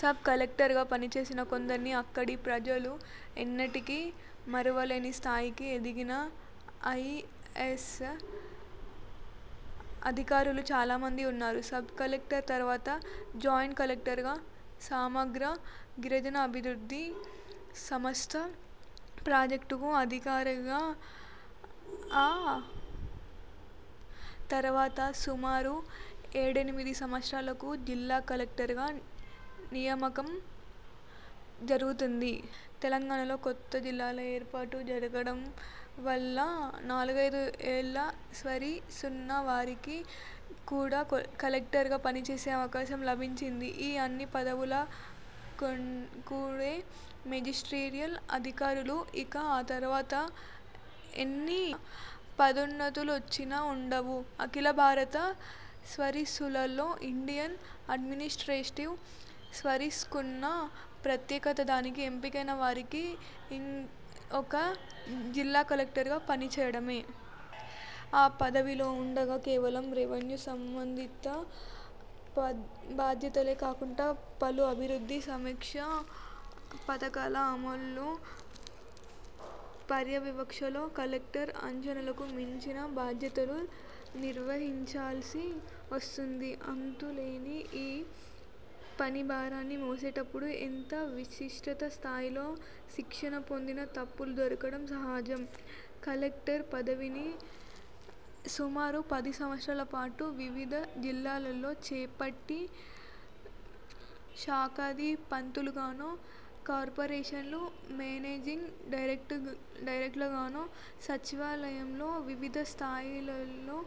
Sub కలెక్టర్గా పనిచేసిన కొందరిని, అక్కడి ప్రజలు ఎన్నటికీ మరువలేని స్థాయికి ఎదిగిన ఐఏఎస్ అధికారులు చాలా మంది వున్నారు. సబ్- కలెక్టర్ తరువాత జాయింట్ కలెక్టర్గా, సమగ్ర గిరిజనాభివృద్ధి సంస్థ ప్రాజెక్టు అధికారిగా, అ తరువాత సుమారు ఏడెనిమిది సంవత్సరాలకు జిల్లా కలెక్టర్గా నియామకం జరుగుతుంది. తెలంగాణలో కొత్త జిల్లాల ఏర్పాటు జరగడం వల్ల, నాలుగైదు ఏళ్ల సర్వీసున్న వారికి కూడా కలెక్టర్గా పనిచేసే అవకాశం లభించింది. ఈ అన్ని పదవుల కుండే మెజిస్టీరియల్ అధికారాలు, ఇక ఆ తర్వాత, ఎన్ని పదోన్నతులొచ్చినా వుండవు. అఖిలభారత సర్వీసులలో ఇండియన్ అడ్మినిస్ట్రేటివ్ సర్వీసుకున్న ప్రత్యేకత, దానికి ఎంపికైన వారికి ఒక ''జిల్లా కలెక్టర్''గా పనిచేయడమే! ఆ పదవిలో వుండగా, కేవలం రెవెన్యూ సంబంధిత బాధ్యతలే కాకుండా, పలు అభివృద్ధి–సంక్షేమ పథకాల అమలు, పర్యవేక్షణలో, కలెక్టర్ అంచనాలకు మించిన బాధ్యతలు నిర్వహించాల్సి వస్తుంది. అంతులేని ఈ పని భారాన్ని మోసేటప్పుడు, ఎంత విస్తృత స్థాయిలో శిక్షణ పొందినా తప్పులు దొర్లడం సహజం. కలెక్టర్ పదవిని సుమారు పది సంవత్సరాల పాటు, వివిధ జిల్లాలలో చేపట్టి శాఖాధిపతులుగానో, కార్పొరేషన్ల మేనేజింగ్ డైరెక్టర్లుగానో, సచివాలయంలో వివిధ స్థాయిలలో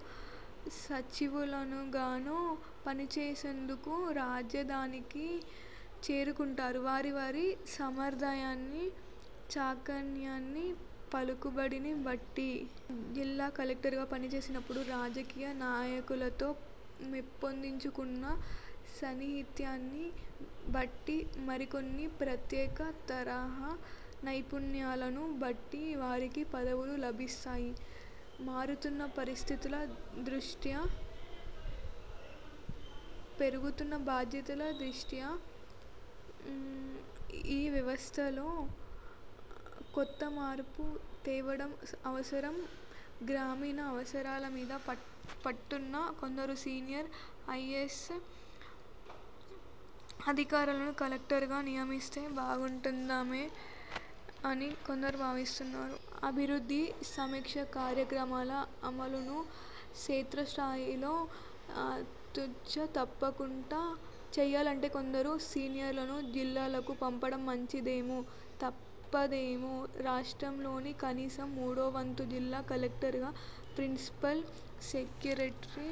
సచివులుగానో పనిచేసేందుకు రాజధానికి చేరుకుంటారు వారి-వారి సామర్థ్యాన్ని, చాకక్యాన్ని, పలుకుబడిని బట్టి. జిల్లా కలెక్టర్లుగా పనిచేసినప్పుడు రాజకీయ నాయకులతో పెంపొందించుకున్న సాన్నిహిత్యాన్ని బట్టి, మరికొన్ని ప్రత్యేక తరహా నైపుణ్యాలను బట్టి వారికి పదవులు లభిస్తాయి. మారుతున్న పరిస్థితుల దృష్ట్యా పెరుగుతున్న బాధ్యతల దృష్ట్యా, ఈ వ్యవస్థలో కొంత మార్పు తేవడం అవసరం. గ్రామీణ అవసరాల మీద పట్టున్న కొందరు సీనియర్ ఐఏఎస్ అధికారులను కలెక్టర్లుగా నియమిస్తే బాగుంటుందేమో అని కొందరు భావిస్తున్నారు. అభివృద్ధి, సంక్షేమ కార్యక్రమాల అమలును క్షేత్రస్థాయిలో తుచ తప్పకుండా చేయాలంటే కొందరు సీనియర్లను జిల్లాలకు పంపడం మంచిదేమో! తప్పదేమో! రాష్ట్రంలోని కనీసం మూడోవంతు జిల్లా కలెక్టర్లుగా ప్రిన్సిపల్ సెక్రటరీ,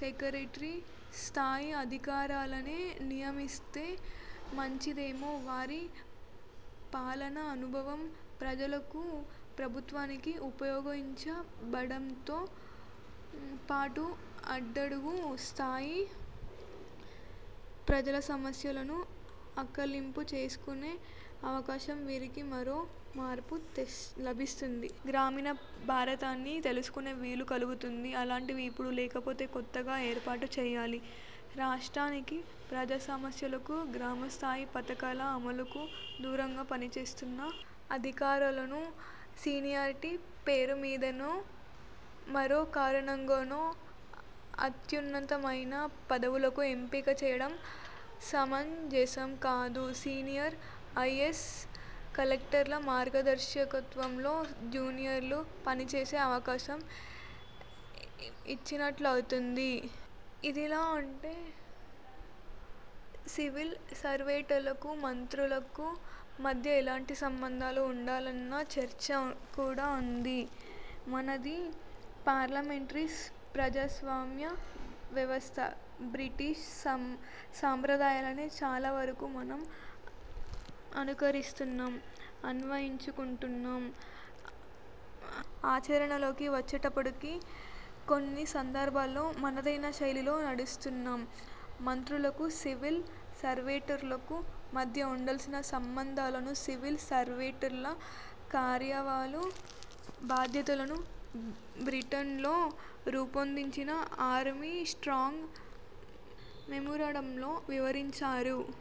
సెక్రటరీ స్థాయి అధికారులనే నియమిస్తే మంచిదేమో! వారి పాలనానుభువం ప్రజలకు, ప్రభుత్వానికి ఉపయోగించబడటంతో పాటు అట్టడుగు స్థాయి ప్రజల సమస్యలను ఆకళింపు చేసుకొనే అవకాశం వీరికి మరో మారు లభిస్తుంది. గ్రామీణ భారతాన్ని తెలుసుకునే వీలు కలుగుతుంది. అలాంటివి ఇప్పుడు లేకపోతే కొత్తగా ఏర్పాటు చేయాలి. రాష్ట్రానికి, ప్రజా సమస్యలకు, గ్రామస్థాయి పథకాల అమలుకు దూరంగా పనిచేస్తున్న అధికారులను సీనియారిటీ పేరుమీదనో, 'మరే కారణంగానో' అత్యున్నతమైన పదవులకు ఎంపిక చేయడం సమంజసం కాదు. సీనియర్ ఐఏఎస్ కలెక్టర్ల మార్గదర్శకత్వంలో జూనియర్లు పనిచేసే అవకాశం ఇచ్సినట్లవుతుంది. ఇదిలా వుంటే, సివిల్ సర్వెంట్లకు– మంత్రులకు మధ్య ఎలాంటి సంబంధాలు ఉండాలన్న చర్చ కూడా వుంది. మనది పార్లమెంటరీ ప్రజాస్వామ్య వ్యవస్థ. బ్రిటిష్ సంప్రదాయాలనే చాలావరకు మనం అనుకరిస్తున్నాం, అన్వయించుకుంటున్నాం. ఆచరణలోకి వచ్చేటప్పటికి, కొన్ని సందర్భాల్లో మనదైన శైలిలో నడుస్తున్నాం. మంత్రులకూ– సివిల్ సర్వెంట్లకు మధ్య ఉండాల్సిన సంబంధాలను, సివిల్ సర్వెంట్ల కర్తవ్యాలు–బాధ్యతలను, బ్రిటన్లో రూపొందించిన ''ఆర్మ్ స్ట్రాంగ్ మెమొరాండం''లో వివరించారు.